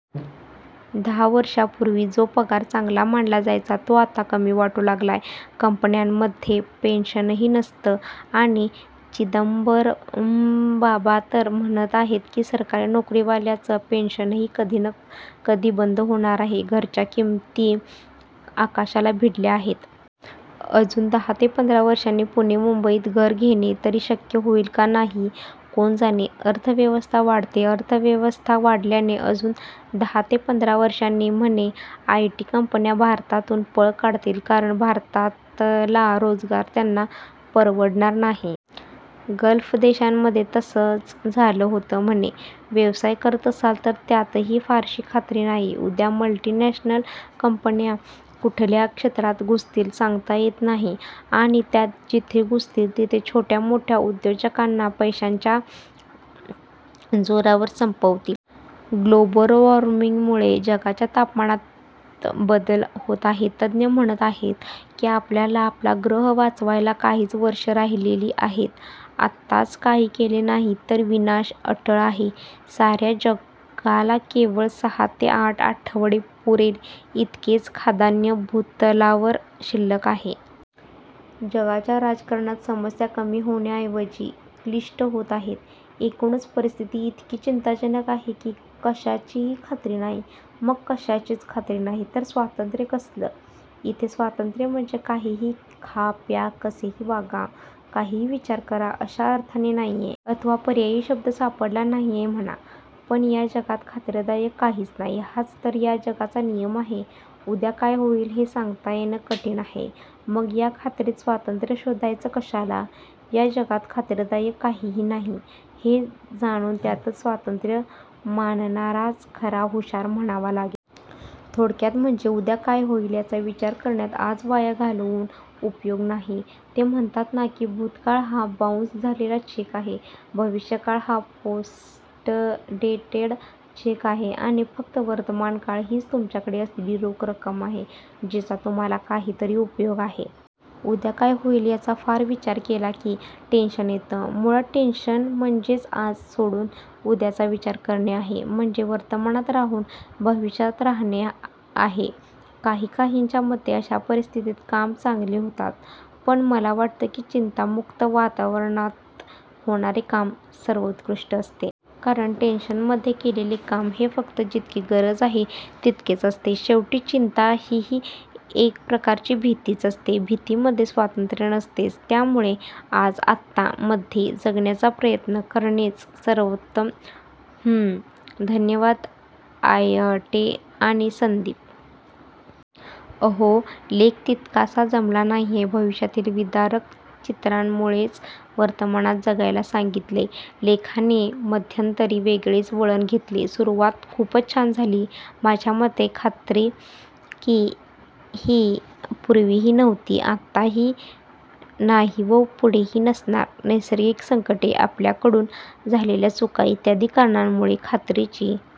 दहा वर्षापूर्वी जो पगार चांगला मानला जायचा तो आता कमी वाटू लागलाय. कंपन्यांमध्ये पेन्शनही नसतं. आणि चिदंबरमबाबा तर म्हणत आहेत की सरकारी नोकरीवाल्यांचं पेन्शनही कधी ना कधी बंद होणार आहे. घराच्या किमती आकाशाला भिडल्या आहेत. अजून दहा ते पंधरा वर्षांनी पुणे मुंबईत घर घेणे तरी शक्य होईल का नाही कोण जाणे. अर्थव्यवस्था वाढतेय. अर्थव्यवस्था वाढल्याने अजून दहा ते पंधरा वर्षांनी म्हणे आयटी कंपन्या भारतातून पळ काढतील कारण भारतातला रोजगार त्यांना परवडणार नाही. गल्फ देशांमध्ये तसंच झालं होतं म्हणे. व्यवसाय करत असाल तर त्यातही फारशी खात्री नाही. उद्या मल्टीनॅशनल कंपन्या कुठल्या क्षेत्रात घुसतील सांगता येत नाही. आणि त्या जिथे घुसतील तिथे छोट्या मोठ्या उद्योजकांना पैशाच्या जोरावर संपवतील. ग्लोबल वॉर्मिंगमुळे जगाच्या तापमानात बदल होत आहे. तज्ञ म्हणत आहेत की आपल्याला आपला ग्रह वाचवायला काहीच वर्षे राहिलेली आहेत. आत्ताच काही केले नाही तर विनाश अटळ आहे. साऱ्या जगाला केवळ सहा ते आठ आठवडे पुरेल इतकेच खाद्यान्न भूतलावर शिल्लक आहे. जगाच्या राजकारणात समस्या कमी होण्याऐवजी क्लिष्ट होत आहेत. एकूणच परिस्थिती इतकी चिंताजनक आहे की कशाचीही खात्री नाही. मग कशाचीच खात्री नाही तर स्वातंत्र्य कसलं? इथे स्वातंत्र्य म्हणजे काहीही खा प्या, कसेही वागा, काहीही विचार करा अशा अर्थाने नाहीये. अथवा पर्यायी शब्द सापडला नाहीये म्हणा. पण या जगात खात्रीदायक काहीच नाही हाच तर या जगाचा नियम आहे. उद्या काय होईल हे सांगता येणे कठीण आहे. मग या खात्रीत स्वातंत्र्य शोधायचं कशाला? या जगात खात्रीदायक काहीही नाही, हे जाणून त्यातच स्वातंत्र्य मानणाराच खरा हुशार म्हणावा लागेल. थोडक्यात म्हणजे उद्या काय होईल याचा विचार करण्यात आज वाया घालवून उपयोग नाही. ते म्हणतात ना की 'भूतकाळ हा बाउंस झालेला चेक आहे, भविष्यकाळ हा पोस्टडेटेड चेक आहे आणि फक्त वर्तमानकाळ हीच तुमच्याकडे असलेली रोख रक्कम आहे जिचा तुम्हाला काहीतरी उपयोग आहे'. उद्या काय होईल याचा फार विचार केला की टेन्शन येतं. मुळात टेन्शन म्हणजेच आज सोडून उद्याचा विचार करणे आहे. म्हणजे वर्तमानात राहून भविष्यात राहणे आहे. काहीकाहींच्या मते अशा परिस्थितीत कामं चांगली होतात पण मला वाटतं की चिंतामुक्त वातावरणात होणारे काम सर्वोत्कृष्ट असते. कारण टेन्शनमध्ये केलेले काम हे फक्त जितकी गरज आहे तितकेच असते. शेवटी चिंता हीही एक प्रकारची भीतीच असते. भीतीमध्ये स्वातंत्र्य नसतेच. त्यामुळे आज, आत्ता मध्ये जगण्याचा प्रयत्न करणेच सर्वोत्तम. हम्म धन्यवाद आयटे आणि संदीप. अहो लेख तितकासा जमला नाहीये भविष्यातील विदारक चित्रामुळेच वर्तमानात जगायला सांगितलंय. लेखाने मध्यंतरी वेगळेच वळण घेतले. सुरुवात खूपच छान झाली. माझ्या मते खात्री ही पूर्वीही नव्हती आताही नाही व पुढेही नसणार. नैसर्गिक संकटे, आपल्याकडून झालेल्या चुका इ. कारणांमुळे खात्रीची